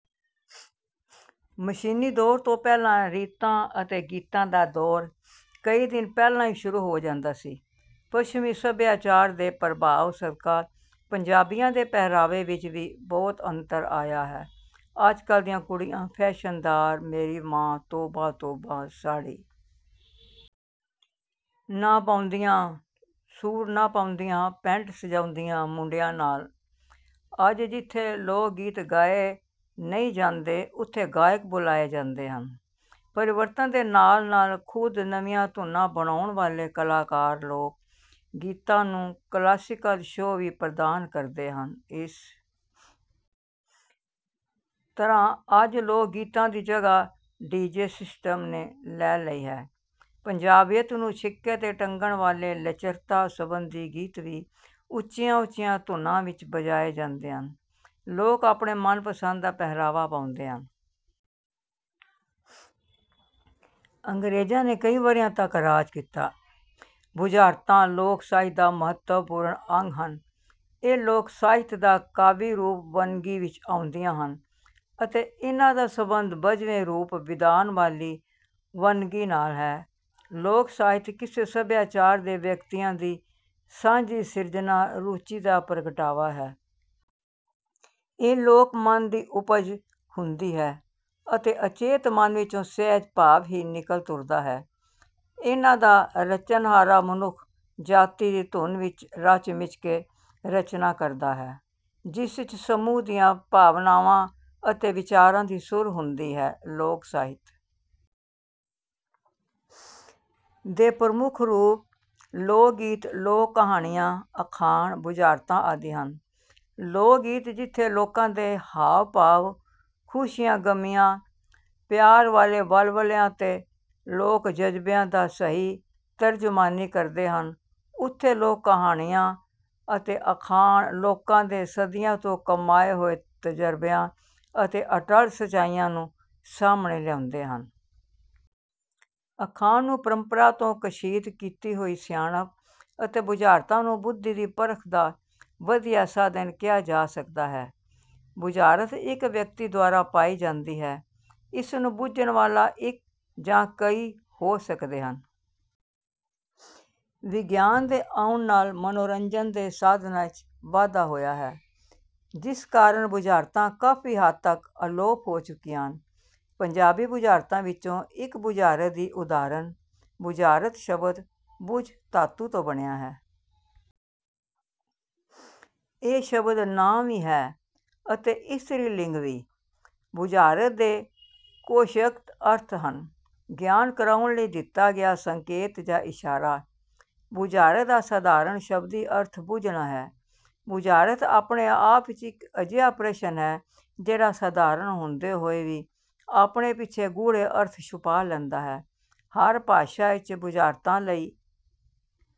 ਮਸ਼ੀਨੀ ਦੌਰ ਤੋਂ ਪਹਿਲਾਂ ਰੀਤਾਂ ਅਤੇ ਗੀਤਾਂ ਦਾ ਦੌਰ ਕਈ ਦਿਨ ਪਹਿਲਾਂ ਹੀ ਸ਼ੁਰੂ ਹੋ ਜਾਂਦਾ ਸੀ। ਪੱਛਮੀ ਸਭਿਆਚਾਰ ਦੇ ਪ੍ਰਭਾਵ ਸਦਕਾ ਪੰਜਾਬੀਆਂ ਦੇ ਪਹਿਰਾਵੇ ਵਿੱਚ ਵੀ ਬਹੁਤ ਅੰਤਰ ਆਇਆ ਹੈ। ਅੱਜਕੱਲ੍ਹ ਦੀਆਂ ਕੁੜੀਆਂ ਫੈਸ਼ਨਦਾਰ, ਮੇਰੀ ਮਾਂ ਤੋਬਾ-ਤੋਬਾ। ਸਾੜੀ ਨਾ ਪਾਉਂਦੀਆਂ, ਸੂਟ ਨਾ ਪਾਉਂਦੀਆਂ, ਪੈਂਟ ਸਜਾਉਂਦੀਆਂ ਮੁੰਡਿਆਂ ਨਾਲ। ਅੱਜ ਜਿੱਥੇ ਲੋਕ-ਗੀਤ ਗਾਏ ਨਹੀਂ ਜਾਂਦੇ, ਉੱਥੇ ਗਾਇਕ ਬੁਲਾਏ ਜਾਂਦੇ ਹਨ। ਪਰਿਵਰਤਨ ਦੇ ਨਾਲ-ਨਾਲ ਖੁਦ ਨਵੀਆਂ ਧੁਨਾਂ ਬਣਾਉਣ ਵਾਲੇ ਕਲਾਕਾਰ ਲੋਕ-ਗੀਤਾਂ ਨੂੰ ਕਲਾਸੀਕਲ ਛੋਹ ਵੀ ਪ੍ਰਦਾਨ ਕਰਦੇ ਹਨ। ਇਸ ਤਰ੍ਹਾਂ ਅੱਜ ਲੋਕ-ਗੀਤਾਂ ਦੀ ਜਗ੍ਹਾ ਡੀ. ਜੇ. ਸਿਸਟਮ ਨੇ ਲੈ ਲਈ ਹੈ। ਪੰਜਾਬੀਅਤ ਨੂੰ ਛਿੱਕੇ ’ਤੇ ਟੰਗਣ ਵਾਲੇ ਲੱਚਰਤਾ-ਸੰਬੰਧੀ ਗੀਤ ਵੀ ਉੱਚੀਆਂ-ਉੱਚੀਆਂ ਧੁਨਾਂ ਵਿੱਚ ਬਜਾਏ ਜਾਂਦੇ ਹਨ। ਲੋਕ ਆਪਣੇ ਮਨਪਸੰਦ ਦਾ ਪਹਿਰਾਵਾ ਪਾਉਂਦੇ ਹਨ। ਅੰਗਰੇਜ਼ਾਂ ਨੇ ਕਈ ਵਰ੍ਹਿਆਂ ਤੱਕ ਰਾਜ ਕੀਤਾ। ਬੁਝਾਰਤਾਂ ਲੋਕ-ਸਾਹਿਤ ਦਾ ਮਹੱਤਵਪੂਰਨ ਅੰਗ ਹਨ। ਇਹ ਲੋਕ-ਸਾਹਿਤ ਦੀ ਕਾਵਿ-ਰੂਪ ਵੰਨਗੀ ਵਿੱਚ ਆਉਂਦੀਆਂ ਹਨ ਅਤੇ ਇਨ੍ਹਾਂ ਦਾ ਸੰਬੰਧ ਬੱਝਵੇਂ ਰੂਪ-ਵਿਧਾਨ ਵਾਲੀ ਵੰਨਗੀ ਨਾਲ ਹੈ। ਲੋਕ-ਸਾਹਿਤ ਕਿਸੇ ਸਭਿਆਚਾਰ ਦੇ ਵਿਅਕਤੀਆਂ ਦੀ ਸਾਂਝੀ ਸਿਰਜਣਾ-ਰੁਚੀ ਦਾ ਪ੍ਰਗਟਾਵਾ ਹੈ। ਇਹ ਲੋਕ-ਮਨ ਦੀ ਉਪਜ ਹੁੰਦੀ ਹੈ ਅਤੇ ਅਚੇਤ ਮਨ ਵਿੱਚੋਂ ਸਹਿਜ-ਭਾਵ ਹੀ ਨਿਕਲ ਤੁਰਦਾ ਹੈ। ਇਨ੍ਹਾਂ ਦਾ ਰਚਨਹਾਰਾ ਮਨੁੱਖ ਜਾਤੀ ਦੀ ਧੁਨ ਵਿੱਚ ਰਚ-ਮਿਚ ਕੇ ਰਚਨਾ ਕਰਦਾ ਹੈ, ਜਿਸ ਵਿੱਚ ਸਮੂਹ ਦੀਆਂ ਭਾਵਨਾਵਾਂ ਅਤੇ ਵਿਚਾਰਾਂ ਦੀ ਸੁਰ ਹੁੰਦੀ ਹੈ। ਲੋਕ-ਸਾਹਿਤ ਦੇ ਪ੍ਰਮੁੱਖ ਰੂਪ ਲੋਕ-ਗੀਤ, ਲੋਕ-ਕਹਾਣੀਆਂ, ਅਖਾਣ, ਬੁਝਾਰਤਾਂ ਆਦਿ ਹਨ। ਲੋਕ-ਗੀਤ ਜਿੱਥੇ ਲੋਕਾਂ ਦੇ ਹਾਵ-ਭਾਵ, ਖੁਸ਼ੀਆਂ-ਗ਼ਮੀਆਂ, ਪਿਆਰ-ਭਰੇ ਵਲਵਲਿਆਂ ਅਤੇ ਲੋਕ-ਜਜ਼ਬਿਆਂ ਦੀ ਸਹੀ ਤਰਜਮਾਨੀ ਕਰਦੇ ਹਨ, ਉੱਥੇ ਲੋਕ-ਕਹਾਣੀਆਂ ਅਤੇ ਅਖਾਣ ਲੋਕਾਂ ਦੇ ਸਦੀਆਂ ਤੋਂ ਕਮਾਏ ਹੋਏ ਤਜ਼ਰਬਿਆਂ ਅਤੇ ਅਟੱਲ ਸੱਚਾਈਆਂ ਨੂੰ ਸਾਹਮਣੇ ਲਿਆਉਂਦੇ ਹਨ। ਅਖਾਣ ਨੂੰ ਪਰੰਪਰਾ ਤੋਂ ਕਸ਼ੀਦ ਕੀਤੀ ਹੋਈ ਸਿਆਣਪ ਅਤੇ ਬੁਝਾਰਤਾਂ ਨੂੰ ਬੁੱਧੀ ਦੀ ਪਰਖ ਦਾ ਵਧੀਆ ਸਾਧਨ ਕਿਹਾ ਜਾ ਸਕਦਾ ਹੈ। ਬੁਝਾਰਤ ਇੱਕ ਵਿਅਕਤੀ ਦੁਆਰਾ ਪਾਈ ਜਾਂਦੀ ਹੈ। ਇਸ ਨੂੰ ਬੁੱਝਣ ਵਾਲਾ ਇੱਕ ਜਾਂ ਕਈ ਹੋ ਸਕਦੇ ਹਨ। ਵਿਗਿਆਨ ਦੇ ਆਉਣ ਨਾਲ ਮਨੋਰੰਜਨ ਦੇ ਸਾਧਨਾਂ ਵਿੱਚ ਵਾਧਾ ਹੋਇਆ ਹੈ, ਜਿਸ ਕਾਰਨ ਬੁਝਾਰਤਾਂ ਕਾਫ਼ੀ ਹੱਦ ਤੱਕ ਅਲੋਪ ਹੋ ਚੁੱਕੀਆਂ ਹਨ। ਪੰਜਾਬੀ ਬੁਝਾਰਤਾਂ ਵਿੱਚੋਂ ਇੱਕ ਬੁਝਾਰਤ ਦੀ ਉਦਾਹਰਨ“ਬੁਝਾਰਤ” ਸ਼ਬਦ ‘ਬੁੱਝ’ ਧਾਤੂ ਤੋਂ ਬਣਿਆ ਹੈ। ਇਹ ਸ਼ਬਦ ਨਾਂਵ ਵੀ ਹੈ ਅਤੇ ਇਸਤਰੀ ਲਿੰਗ ਵੀ। ਬੁਝਾਰਤ ਦੇ ਕੋਸ਼ਗਤ ਅਰਥ ਹਨ—“ਗਿਆਨ ਕਰਾਉਣ ਲਈ ਦਿੱਤਾ ਗਿਆ ਸੰਕੇਤ ਜਾਂ ਇਸ਼ਾਰਾ।” ਬੁਝਾਰਤ ਦਾ ਸਾਧਾਰਣ ਸ਼ਬਦੀ ਅਰਥ ‘ਬੁੱਝਣਾ’ ਹੈ। ਬੁਝਾਰਤ ਆਪਣੇ ਆਪ ਵਿੱਚ ਇੱਕ ਅਜਿਹਾ ਪ੍ਰਸ਼ਨ ਹੈ, ਜਿਹੜਾ ਸਧਾਰਨ ਹੁੰਦੇ ਹੋਏ ਵੀ ਆਪਣੇ ਪਿੱਛੇ ਗੂੜ੍ਹੇ ਅਰਥ ਛੁਪਾ ਲੈਂਦਾ ਹੈ। ਹਰ ਭਾਸ਼ਾ ਵਿੱਚ ਬੁਝਾਰਤਾਂ ਲਈ…